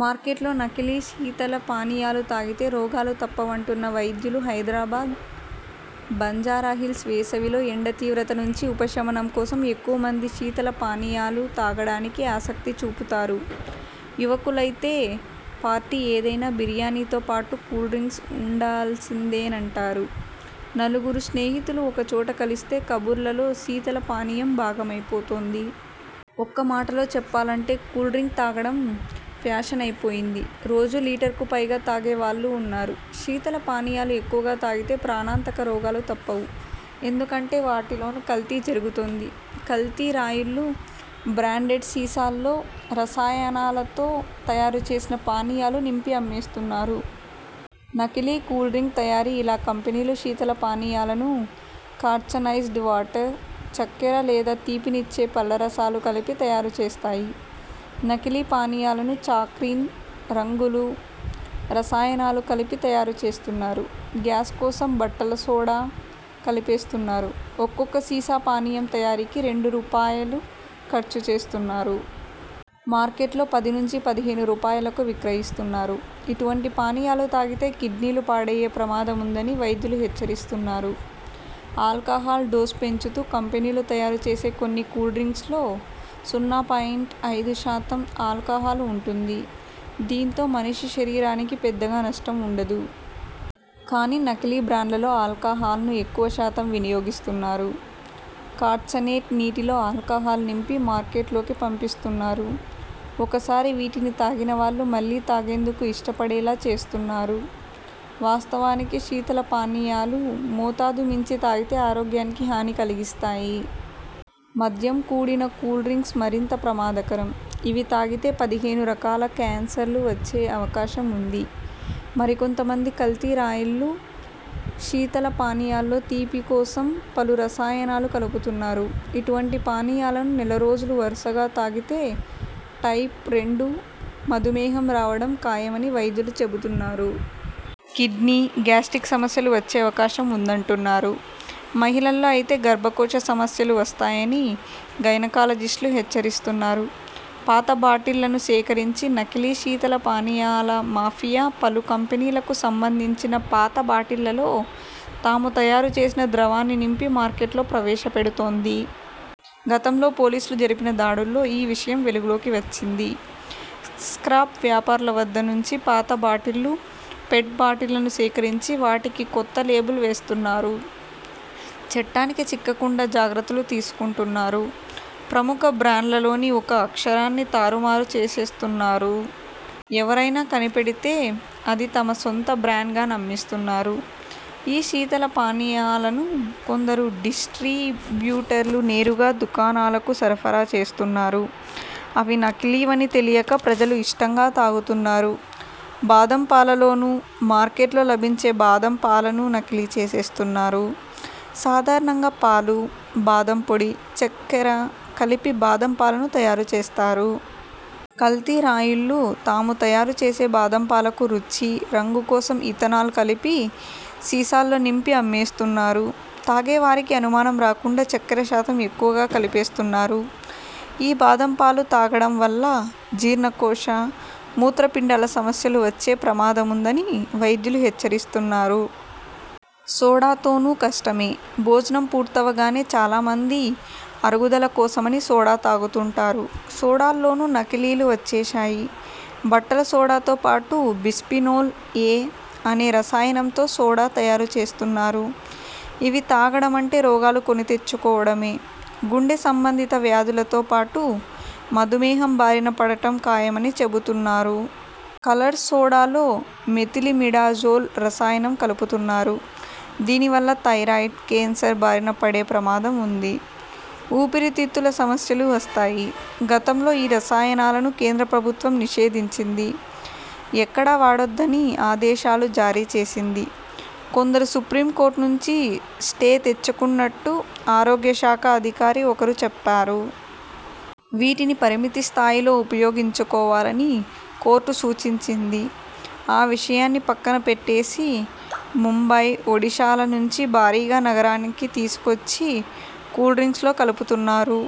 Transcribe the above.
మార్కెట్లో నకిలీ శీతల పానీయాలు తాగితే రోగాలు తప్పవంటున్న వైద్యులు హైదరాబాద్, బంజారాహిల్స్ వేసవిలో ఎండ తీవ్రత నుంచి ఉపశమనం కోసం ఎక్కువ మంది శీతల పానీయాలు తాగడానికి ఆసక్తి చూపుతారు. యువకులైతే పార్టీ ఏదైనా బిర్యానీతో పాటు కూల్డ్రింక్ ఉండా ల్సిందేనంటారు. నలుగురు స్నేహితులు ఒకచోట కలిస్తే కబుర్లలో శీతల పానీయం భాగమైపోతోంది. ఒక్క మాటలో చెప్పాలంటే కూల్డ్రింక్ తాగడం ఫ్యాషనైపోయింది. రోజూ లీటర్కు పైగా తాగే వాళ్లూ ఉన్నారు. శీతల పానీయాలు ఎక్కువగా తాగితే ప్రాణాంతక రోగాలు తప్పవు. ఎందుకంటే వాటి లోనూ కల్తీ జరుగుతోంది. కల్తీ రాయుళ్లు బ్రాండెడ్ సీసాల్లో రసాయనాలతో తయారు చేసిన పానీయాలు నింపి అమ్మేస్తున్నారు. నకిలీ కూల్డ్రింక్ తయారీ ఇలా కంపెనీలు శీతల పానీయాలను కార్చనైజ్డ్ వాటర్, చక్కెర లేదా తీపినిచ్చే పళ్ల రసాలు కలిపి తయారు చేస్తాయి. నకిలీ పానీయాలను చాక్రీన్, రంగులు, రసాయనాలు కలిపి తయారు చేస్తున్నారు. గ్యాస్ కోసం బట్టల సోడా కలిపేస్తున్నారు. ఒక్కొక్క సీసా పానీయం తయారీకి రెండు రూపాయలు ఖర్చు చేస్తున్నారు. మార్కెట్లో పది నుంచి పదిహేను రూపాయలకు విక్రయిస్తున్నారు. ఇటువంటి పానీయాలు తాగితే కిడ్నీలు పాడయ్యే ప్రమాదముందని వైద్యులు హెచ్చరిస్తున్నారు. ఆల్కహాల్ డోసు పెంచుతూ కంపెనీలు తయారు చేసే కొన్ని కూల్డ్రింక్స్లో సున్నా పాయింట్ ఐదు శాతం ఆల్కహాల్ ఉంటుంది. దీంతో మనిషి శరీరానికి పెద్దగా నష్టం ఉండదు. కానీ నకిలీ బ్రాండ్లలో ఆల్కహాల్ను ఎక్కువ శాతం వినియోగిస్తు న్నారు. కార్చనేట్ నీటిలో ఆల్కహాల్ నింపి మార్కెట్ లోకి పంపిస్తున్నారు. ఒకసారి వీటిని తాగిన వాళ్లు మళ్లీ తాగేందుకు ఇష్టపడేలా చేస్తున్నారు. వాస్త వానికి శీతల పానీయాలు మోతాదు మించి తాగితే ఆరోగ్యానికి హాని కలిగిస్తాయి. మద్యంతో కూడిన కూల్డ్రింక్స్ మరింత ప్రమాదకరం. ఇవి తాగితే పదిహేను రకాల కేన్సర్లు వచ్చే అవకాశం ఉంది. మరికొంత మంది కల్తీ రాయుళ్లు శీతల పానీయాల్లో తీపి కోసం పలు రసాయనాలు కలుపుతున్నారు. ఇటువంటి పానీయాలను నెల రోజులు వరుసగా తాగితే టైప్ రెండు మధుమేహం రావడం ఖాయమని వైద్యులు చెబుతున్నారు. కిడ్నీ, గ్యాస్ట్రిక్ సమస్యలూ వచ్చే అవకాశం ఉందంటున్నారు. మహిళల్లో అయితే గర్భకోశ సమస్యలు వస్తాయని గైనకాలజిస్ట్లు హెచ్చరిస్తున్నారు. పాత బాటిళ్లను సేకరించి, నకిలీ శీతల పానీయాల మాఫియా పలు కంపెనీలకు సంబంధించిన పాత బాటిళ్లలో తాము తయారు చేసిన ద్రవాన్ని నింపి మార్కెట్లో ప్రవేశ పెడుతోంది. గతంలో పోలీసులు జరిపిన దాడుల్లో ఈ విషయం వెలుగులోకి వచ్చింది. స్క్రాప్ వ్యాపా రుల వద్ద నుంచి పాత బాటిళ్లు, పెట్ బాటిళ్లను సేకరించి వాటికి కొత్త లేబుల్ వేస్తున్నారు. చట్టానికి చిక్క కుండా జాగ్రత్తలు తీసుకుంటున్నారు. ప్రముఖ బ్రాండ్లలోని ఒక అక్షరాన్ని తారు మారు చేసేస్తు న్నారు. ఎవరైనా కనిపెడితే అది తమ సొంత బ్రాండ్గా నమ్మిస్తున్నారు. ఈ శీతల పానీయాలను కొందరు డిస్ట్రీ బ్యూటర్లు నేరుగా దుకాణాలకు సరఫరా చేస్తున్నారు. అవి నకిలీవని తెలియక ప్రజలు ఇష్టంగా తాగుతున్నారు. బాదం పాలలోనూ, మార్కెట్లో లభించే బాదం పాలనూ నకిలీ చేసేస్తున్నారు. సాధారణంగా పాలు, బాదం పొడి, చక్కెర కలిపి బాదం పాలను తయారు చేస్తారు. కల్తీ రాయుళ్లు తాము తయారు చేసే బాదం పాలకు రుచి, రంగు కోసం ఇథనాల్ కలిపి సీసాల్లో నింపి అమ్మేస్తున్నారు. తాగే వారికి అనుమానం రాకుండా చక్కెర శాతం ఎక్కువగా కలిపేస్తున్నారు. ఈ బాదం పాలు తాగడం వల్ల జీర్ణకోశ, మూత్ర పిండాల సమస్యలు వచ్చే ప్రమాదముందని వైద్యులు హెచ్చరిస్తున్నారు. సోడాతోనూ కష్టమే, భోజనం పూర్తవగానే చాలా మంది అరుగుదల కోసమని సోడా తాగుతుంటారు. సోడాల్లోనూ నకిలీలు వచ్చేశాయి. బట్టల సోడాతో పాటు బిస్ఫినోల్, ఎ అనే రసాయనంతో సోడా తయారు చేస్తున్నారు. ఇవి తాగడ మంటే రోగాలు కొనితెచ్చు కోవడమే. గుండె సంబంధిత వ్యాధులతో పాటు మధుమేహం బారిన పడటం ఖాయమని చెబుతు న్నారు. కలర్ సోడాలో మెథిలిమిడాజోల్ రసాయనం కలుపుతున్నారు. దీనివల్ల థైరాయిడ్, కేన్సర్ బారిన పడే ప్రమాదం ఉంది. ఊపిరి తిత్తుల సమస్యలూ వస్తాయి. గతంలో ఈ రసాయనాలను కేంద్ర ప్రభుత్వం నిషేధించింది. ఎక్కడా వాడొద్దని ఆదేశాలూ జారీ చేసింది. కొందరు సుప్రీంకోర్టు నుంచి స్టే తెచ్చుకున్నట్టు ఆరోగ్య శాఖ అధికారి ఒకరు చెప్పారు. వీటిని పరిమితి స్థాయిలో ఉపయో గించుకోవాలని కోర్టు సూచించింది. ఆ విషయాన్ని పక్కన పెట్టేసి ముంబై, ఒడిశాల నుం చి భారీగా నగరానికి తీసుకొచ్చి కూల్డ్రింక్స్లో కలుపుతున్నారు.